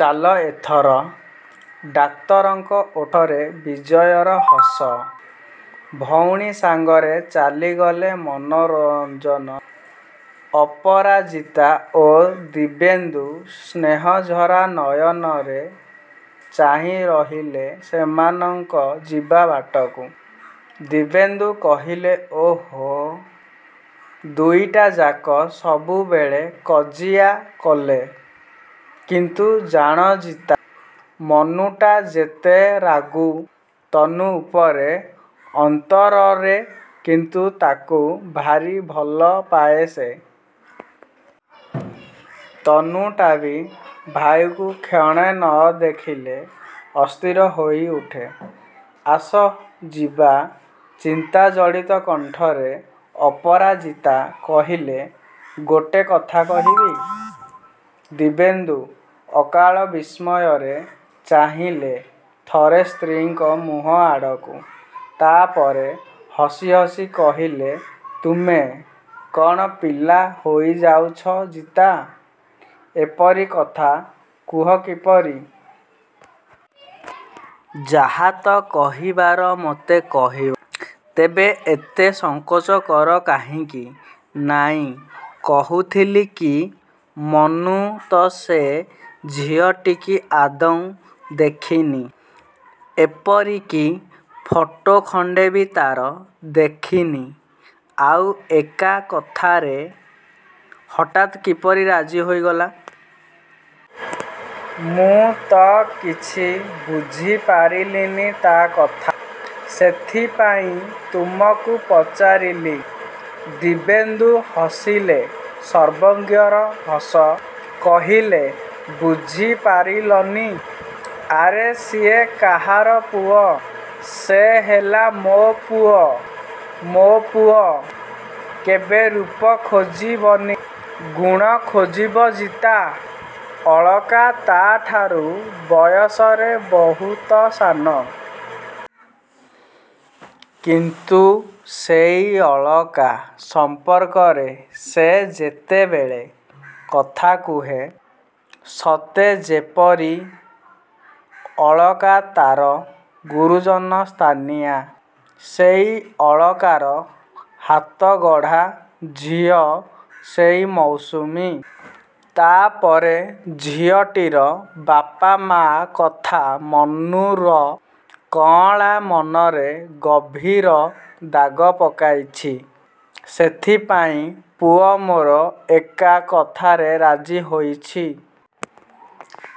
ଚାଲ ଏଥର। ଡାକ୍ତରଙ୍କ ଓଠରେ ବିଜୟର ହସ। ଭଉଣୀ ସାଙ୍ଗରେ ଚାଲିଗଲେ ମନୋରଞ୍ଜନ। ଅପରାଜିତା ଓ ଦିବ୍ୟେନ୍ଦୁ ସ୍ନେହଝରା ନୟନରେ ଚାହିଁ ରହିଲେ ସେମାନଙ୍କ ଯିବା ବାଟକୁ। ଦିବ୍ୟେନ୍ଦୁ କହିଲେ ଓହୋଃ, ଦୁଇଟାଯାକ ସବୁବେଳେ କଜିଆ କଲେ। କିନ୍ତୁ ଜାଣ ଜିତା, ମନୁଟା ଯେତେ ରାଗୁ ତନୁ ଉପରେ, ଅନ୍ତରରେ କିନ୍ତୁ ତାକୁ ଭାରି ଭଲପାଏ ସେ। ତନୁଟା ବି। ଭାଇକୁ କ୍ଷଣେ ନଦେଖିଲେ ଅସ୍ଥିର ହୋଇଉଠେ। ଆସ ଯିବା ଚିନ୍ତାଜଡ଼ିତ କଣ୍ଠରେ ଅପରାଜିତା କହିଲେ ଗୋଟେ କଥା କହିବି? ଦିବ୍ୟେନ୍ଦୁ ଅକାଳ ବିସ୍ମୟରେ ଚାହିଁଲେ ଥରେ ସ୍ତ୍ରୀଙ୍କ ମୁହଁଆଡ଼କୁ। ତାପରେ ହସି ହସି କହିଲେ ତୁମେ କ'ଣ ପିଲା ହୋଇଯାଉଛ ଜିତା। ଏପରି କଥା କୁହ କିପରି? ଯାହା ତ କହିବାର ମତେ କହିବ। ତେବେ ଏତେ ସଙ୍କୋଚ କର କାହିଁକି? ନାଇଁ, କହୁଥିଲି କି ମନୁ ତ ସେ ଝିଅଟିକି ଆଦୌ ଦେଖିନି, ଏପରିକି ଫଟୋ ଖଣ୍ଡେ ବି ତା'ର ଦେଖିନି, ଆଉ ଏକା କଥାରେ ହଠାତ୍ କିପରି ରାଜି ହୋଇଗଲା? ମୁଁ ତ କିଛି ବୁଝିପାରିଲିନି ତା' କଥା, ସେଥିପାଇଁ ତୁମକୁ ପଚାରିଲି। ଦିବ୍ୟେନ୍ଦୁ ହସିଲେ ସର୍ବଜ୍ଞର ହସ। କହିଲେ ବୁଝିପାରିଲନି? ଆରେ ସିଏ କାହାର ପୁଅ! ସେ ହେଲା ମୋ ପୁଅ, ମୋ ପୁଅ କେବେ ରୂପ ଖୋଜିବନି, ଗୁଣ ଖୋଜିବ ଜିତା। ଅଳକା ତାଠାରୁ ବୟସରେ ବହୁତ ସାନ। କିନ୍ତୁ ସେଇ ଅଳକା ସମ୍ପର୍କରେ ସେ ଯେତେବେଳେ କଥା କୁହେ, ସତେଯେପରି ଅଳକା ତା'ର ଗୁରୁଜନ ସ୍ଥାନୀୟା। ସେଇ ଅଳକାର ହାତଗଢ଼ା ଝିଅ ସେଇ ମୌସୁମୀ। ତା'ପରେ ଝିଅଟିର ବାପା ମାଆ କଥା ମନୁର କଅଁଳା ମନରେ ଗଭୀର ଦାଗ ପକାଇଛି। ସେଥିପାଇଁ ପୁଅ ମୋର ଏକା କଥାରେ ରାଜି ହୋଇଛି।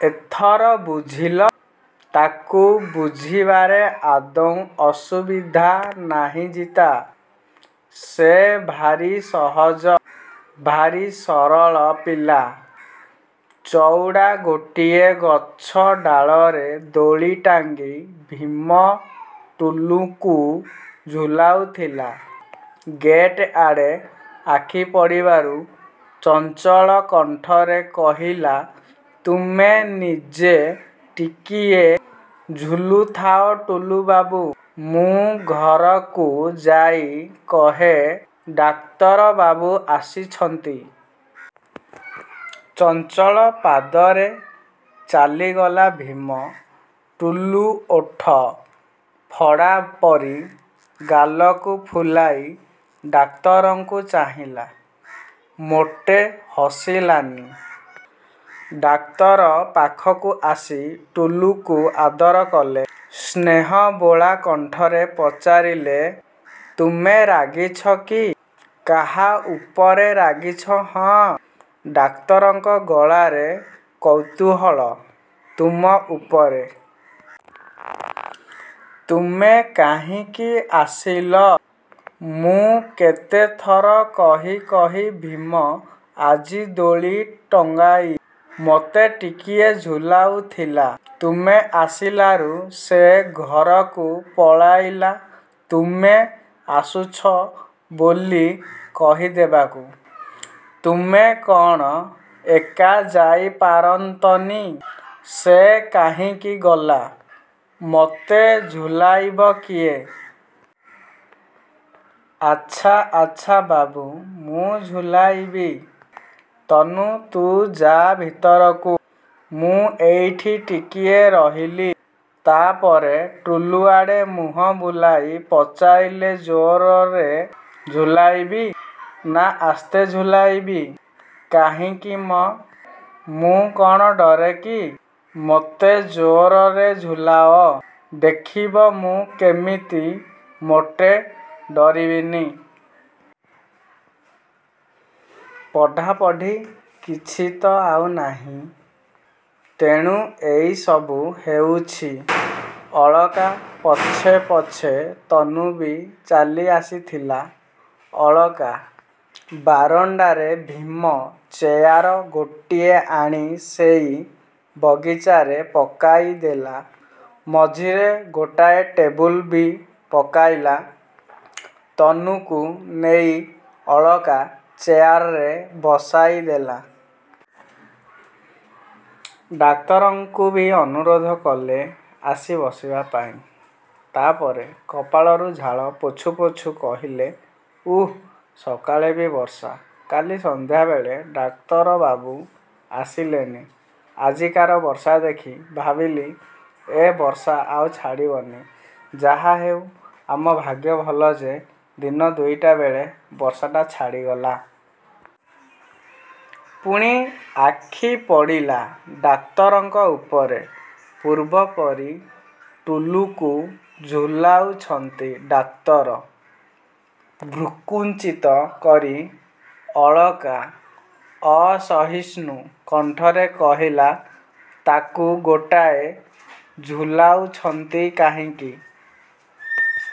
ଏଥର ବୁଝିଲ? ତାକୁ ବୁଝିବାରେ ଆଦୌ ଅସୁବିଧା ନାହିଁ ଜିତା। ସେ ଭାରି ସହଜ, ଭାରି ସରଳ ପିଲା। ଚଉଡ଼ା ଗୋଟିଏ ଗଛଡାଳରେ ଦୋଳି ଟାଙ୍ଗି ଭୀମ ଟୁଲୁକୁ ଝୁଲାଉଥିଲା। ଗେଟ୍ ଆଡ଼େ ଆଖିପଡ଼ିବାରୁ ଚଞ୍ଚଳ କଣ୍ଠରେ କହିଲା ତୁମେ ନିଜେ ଟିକିଏ ଝୁଲୁଥାଅ ଟୁଲୁବାବୁ, ମୁଁ ଘରକୁ ଯାଇ କହେ ଡାକ୍ତରବାବୁ ଆସିଛନ୍ତି। ଚଞ୍ଚଳ ପାଦରେ ଚାଲିଗଲା ଭୀମ। ଟୁଲୁ ଓଠ ଫଡ଼ା ପରି ଗାଲକୁ ଫୁଲାଇ ଡାକ୍ତରଙ୍କୁ ଚାହିଁଲା, ମୋଟେ ହସିଲାନି। ଡାକ୍ତର ପାଖକୁ ଆସି ଟୁଲୁକୁ ଆଦର କଲେ। ସ୍ନେହବୋଳା କଣ୍ଠରେ ପଚାରିଲେ, ତୁମେ ରାଗିଛ କି? କାହା ଉପରେ ରାଗିଛ ହଁ? ଡାକ୍ତରଙ୍କ ଗଳାରେ କୌତୂହଳ। ତୁମ ଉପରେ। ତୁମେ କାହିଁକି ଆସିଲ? ମୁଁ କେତେଥର କହି କହି ଭୀମ ଆଜି ଦୋଳି ଟଙ୍ଗାଇ ମୋତେ ଟିକିଏ ଝୁଲାଉଥିଲା। ତୁମେ ଆସିଲାରୁ ସେ ଘରକୁ ପଳାଇଲା ତୁମେ ଆସୁଛ ବୋଲି କହିଦେବାକୁ। ତୁମେ କ'ଣ ଏକା ଯାଇପାରନ୍ତନି? ସେ କାହିଁକି ଗଲା? ମତେ ଝୁଲାଇବ କିଏ? ଆଚ୍ଛା ଆଚ୍ଛା ବାବୁ ମୁଁ ଝୁଲାଇବି। ତନୁ ତୁ ଯାଆ ଭିତରକୁ, ମୁଁ ଏଇଠି ଟିକିଏ ରହିଲି। ତାପରେ ଟୁଲୁଆଡ଼େ ମୁହଁ ବୁଲାଇ ପଚାରିଲେ ଜୋରରେ ଝୁଲାଇବି, ନା ଆସ୍ତେ ଝୁଲାଇବି? କାହିଁକି ମଁ, ମୁଁ କ'ଣ ଡରେକି। ମୋତେ ଜୋରରେ ଝୁଲାଅ। ଦେଖିବ ମୁଁ କେମିତି ମୋଟେ ଡରିବିନି। ପଢ଼ାପଢ଼ି କିଛି ତ ଆଉ ନାହିଁ। ତେଣୁ ଏଇସବୁ ହେଉଛି। ଅଳକା ପଛେ ପଛେ ତନୁ ବି ଚାଲିଆସିଥିଲା। ଅଳକା ବାରଣ୍ଡାରେ ଭୀମ ଚେୟାର ଗୋଟିଏ ଆଣି ସେଇ ବଗିଚାରେ ପକାଇଦେଲା। ମଝିରେ ଗୋଟାଏ ଟେବୁଲ୍ ବି ପକାଇଲା। ତନୁକୁ ନେଇ ଅଳକା ଚେୟାରରେ ବସାଇଦେଲା । ଡାକ୍ତରଙ୍କୁ ବି ଅନୁରୋଧ କଲେ ଆସି ବସିବାପାଇଁ। ତାପରେ କପାଳରୁ ଝାଳ ପୋଛୁ ପୋଛୁ କହିଲେ ଉଃ, ସକାଳେ ବି ବର୍ଷା! କାଲି ସନ୍ଧ୍ୟାବେଳେ ଡାକ୍ତରବାବୁ ଆସିଲେନି। ଆଜିକାର ବର୍ଷା ଦେଖି ଭାବିଲି ଏ ବର୍ଷା ଆଉ ଛାଡ଼ିବନି। ଯାହାହେଉ ଆମ ଭାଗ୍ୟ ଭଲ ଯେ ଦିନ ଦୁଇଟାବେଳେ ବର୍ଷାଟା ଛାଡ଼ିଗଲା। ପୁଣି ଆଖିପଡ଼ିଲା ଡାକ୍ତରଙ୍କ ଉପରେ। ପୂର୍ବ ପରି ଟୁଲୁକୁ ଝୁଲାଉଛନ୍ତି ଡାକ୍ତର। ଭ୍ରୂକୁଞ୍ଚିତ କରି ଅଳକା ଅସହିଷ୍ଣୁ କଣ୍ଠରେ କହିଲା ତାକୁ ଗୋଟାଏ ଝୁଲାଉଛନ୍ତି କାହିଁକି?